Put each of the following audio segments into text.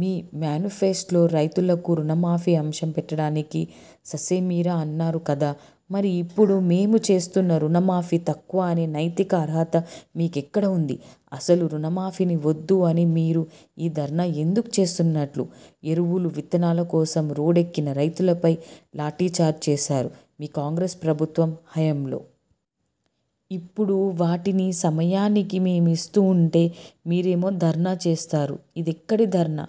మీ మ్యానిఫెస్టోలో రైతులకి రుణమాఫీ అంశం పెట్టడానికి ససేమిరా అన్నారు కదా? మరి ఇప్పుడు మేము చేస్తున్న రుణమాఫీ తక్కువ అనే నైతిక అర్హత మీకెక్కడ వుంది? ఆసలు రుణమాఫీనే వద్దు అన్న మీరు, ఈ ధర్నా ఎందుకు చేస్తున్నట్టు? ఎరువుల, విత్తనాల కోసం రోడ్దేక్కిన రైతులపై లాఠీ చార్జీ చేసారు, మీ కాంగ్రెస్ ప్రభుత్వ హయాంలో. ఇప్పుడు వాటిని సమయానికి మేమిస్తుంటే, మీరేమో ధర్నా చేస్తారు. ఇదెక్కడి ధర్నా?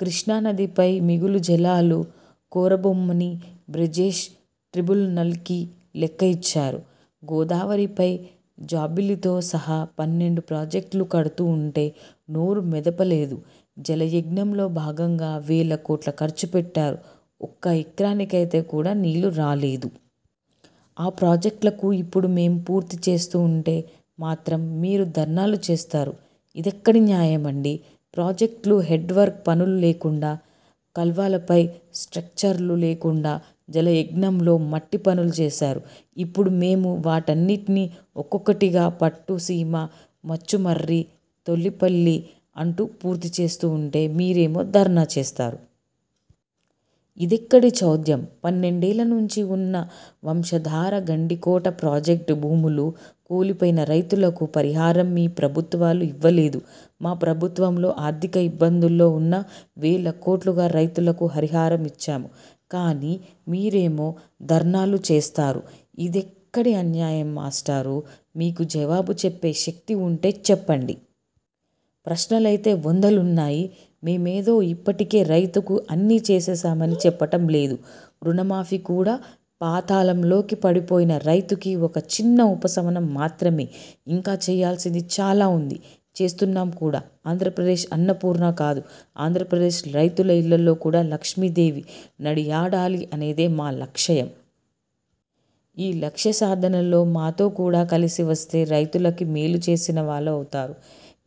కృష్ణా నదిపై మిగులు జలాలు కోరబోమని బ్రిజేష్ ట్రిబ్యునల్కి లేఖ ఇచ్చారు. గోదావరిపై బాబ్లీతో సహా పన్నెండు ప్రాజెక్టులు కడుతుంటే నోరు మెదపలేదు. జలయజ్ఞంలో భాగంగా వేల కోట్లు ఖర్చు పెట్టారు. ఒక ఎకరానికైతే కూడా నీళ్ళు రాలేదు. ఆ ప్రాజెక్టులు ఇప్పుడు మేము పూర్తి చేస్తుంటే మాత్రం మీరు ధర్నాలు చేస్తారు. ఇదెక్కడి న్యాయం అండీ? ప్రాజెక్టుల హెడ్ వర్క్ పనులు లేకుండా, కాల్వలపై స్ట్రక్చర్లు లేకుండా జలయజ్ఞంలో మట్టి పనులు చేసారు. ఇప్పుడు మేము వాటన్నింటినీ ఒక్కొకటిగా, పట్టుసీమ, ముచ్చుమర్రి, తోటపల్లి, అంటూ పూర్తి చేస్తుంటే, మీరేమో ధర్నా చేస్తారు. ఇదెక్కడి చోద్యం? పన్నెండేళ్ళ నుంచీ వున్న, వంశధార, గండికోట ప్రాజెక్టుల భూములు కోల్పోయిన రైతులకు పరిహారం మీ ప్రభుత్వాలు ఇవ్వలేదు. మా ప్రభుత్వంలో ఆర్థిక ఇబ్బందుల్లో వున్నా, వేల కోట్లుగా, రైతులకి పరిహారం ఇచ్చాము. కానే మీరేమో ధర్నాలు చేస్తారు! ఇదెక్కడి అన్యాయం మాస్టారు? మీకు జవాబు చెప్పే శక్తి వుంటే చెప్పండి. ప్రశ్నలైతే వందలు వున్నాయి. మేమేదో ఇప్పటికే రైతుకి అన్నీ చేసేసామని చెప్పటం లేదు. రుణమాఫీ కూడా, పాతాళంలోకి పడిపోయిన రైతుకి ఒక చిన్న ఉపశమనం మాత్రమే. ఇంకా చేయాల్సింది చాలా వుంది. చేస్తున్నాము కూడా. ఆంధ్రప్రదేశ్ అన్నపూర్ణే కాదు, ఆంధ్రప్రదేశ్ రైతుల ఇళ్ళల్లో కూడా లక్ష్మీదేవి నడయాడాలి అనేదే మా లక్ష్యం. ఈ లక్ష్యసాధనలో మాతో కూడా కలిసి వస్తే రైతులకి మేలు చేసిన వాళ్ళవుతారు.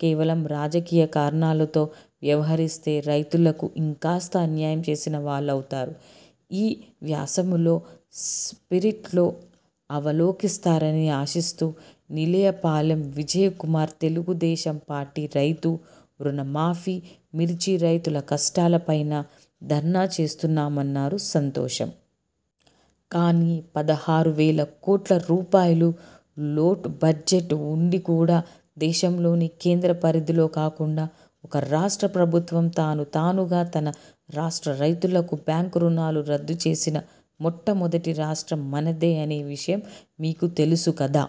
కేవలం రాజకీయ కారణాలతో వ్యవహరిస్తే రైతులకు ఇంకాస్త అన్యాయం చేసిన వాళ్ళవుతారు. ఈ వ్యాసంలోని 'స్పిరిట్'ని అవలోకిస్తారని ఆశిస్తూ నీలయపాలెం విజయ్ కుమార్ తెలుగు దేశం పార్టీ రైతు రుణమాఫీ, మిర్చి రైతుల కష్టాల పైనా ధర్నా చేస్తున్నాము అన్నారు, సంతోషం. కానీ పదహారు వేల కోట్ల రూపాయలు లోటు బడ్జెట్ వుండి కూడా, దేశంలోనే, కేంద్ర పరిధిలో కాకుండా, ఒక రాష్ట్ర ప్రభుత్వం తను తానుగా, తన రాష్ట్ర రైతులకు బ్యాంకు రుణాలు రద్దు చేసిన మొట్టమొదటి రాష్ట్రం మనదే అనే విషయం మీకు తెలుసు కదా!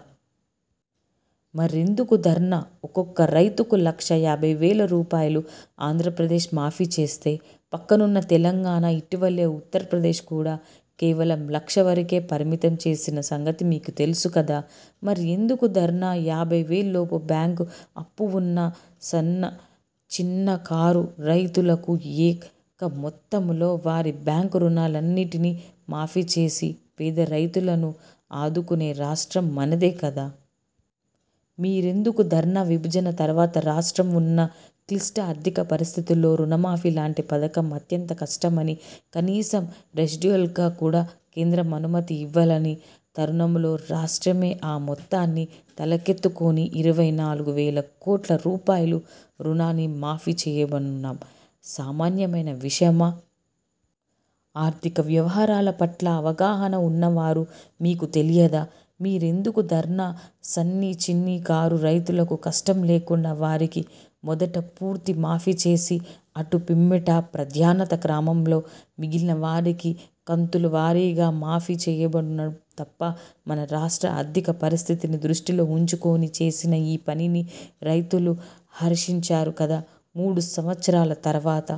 మరెందుకీ ధర్నా? ఒక్కొక్క రైతుకు లక్ష యాభై వేల రూపాయలు ఆంధ్రప్రదేశ్ మాఫీ చేస్తే, పక్కనున్న తెలంగాణ, ఇటీవల ఉత్తరప్రదేశ్ కూడా, కేవలం లక్ష వరకే పరిమితం చేసిన సంగతి మీకు తెలుసు కదా? మరెందుకీ ధర్నా? యాభైవేల లోపు బ్యాంకు అప్పు వున్న సన్న, చిన్నకారు, రైతులకు ఏక మొత్తంలో వారి బ్యాంకు రుణాలన్నింటినీ మాఫీ చేసి పేద రైతులను ఆదుకొన్న రాష్ట్రం మనదే కదా? మరెందుకీ ధర్నా? విభజన తర్వాత రాష్ట్రం వున్న క్లిష్ట ఆర్థిక పరిస్థితులలో, రుణమాఫీ లాంటి పథకం అత్యంత కష్టమైనా, కనీసం రీషెడ్యూల్కి కూడా కేంద్రం అనుమతి ఇవ్వని తరుణంలో, రాష్ట్రమే ఆ మొత్తాన్ని తలకెత్తుకొని ఇరవై నాలుగు వేల కోట్ల రూపాయల రుణాన్ని మాఫీ చేయబూనడం సామాన్యమైన విషయమా? ఆర్థిక వ్యవహారాల పట్ల అవగాహన వున్నవారు, మీకు తెలియదా? మరెందుకీ ధర్నా? సన్న చిన్న కారు రైతులకి కష్టం లేకుండా వారికి మొదట పూర్తి మాఫీ చేసి, అటు పిమ్మట, ప్రాధాన్యతా క్రమంలో మిగిలిన వారికి కంతుల వారీగా మాఫీ చేయబూనడం తప్పా? మన రాష్ట్ర ఆర్థిక పరిస్థితిని దృష్టిలో వుంచుకొని చేసిన ఈ పనిని రైతులు హర్షించారు కదా! మూడు సంవత్సరాల తర్వాత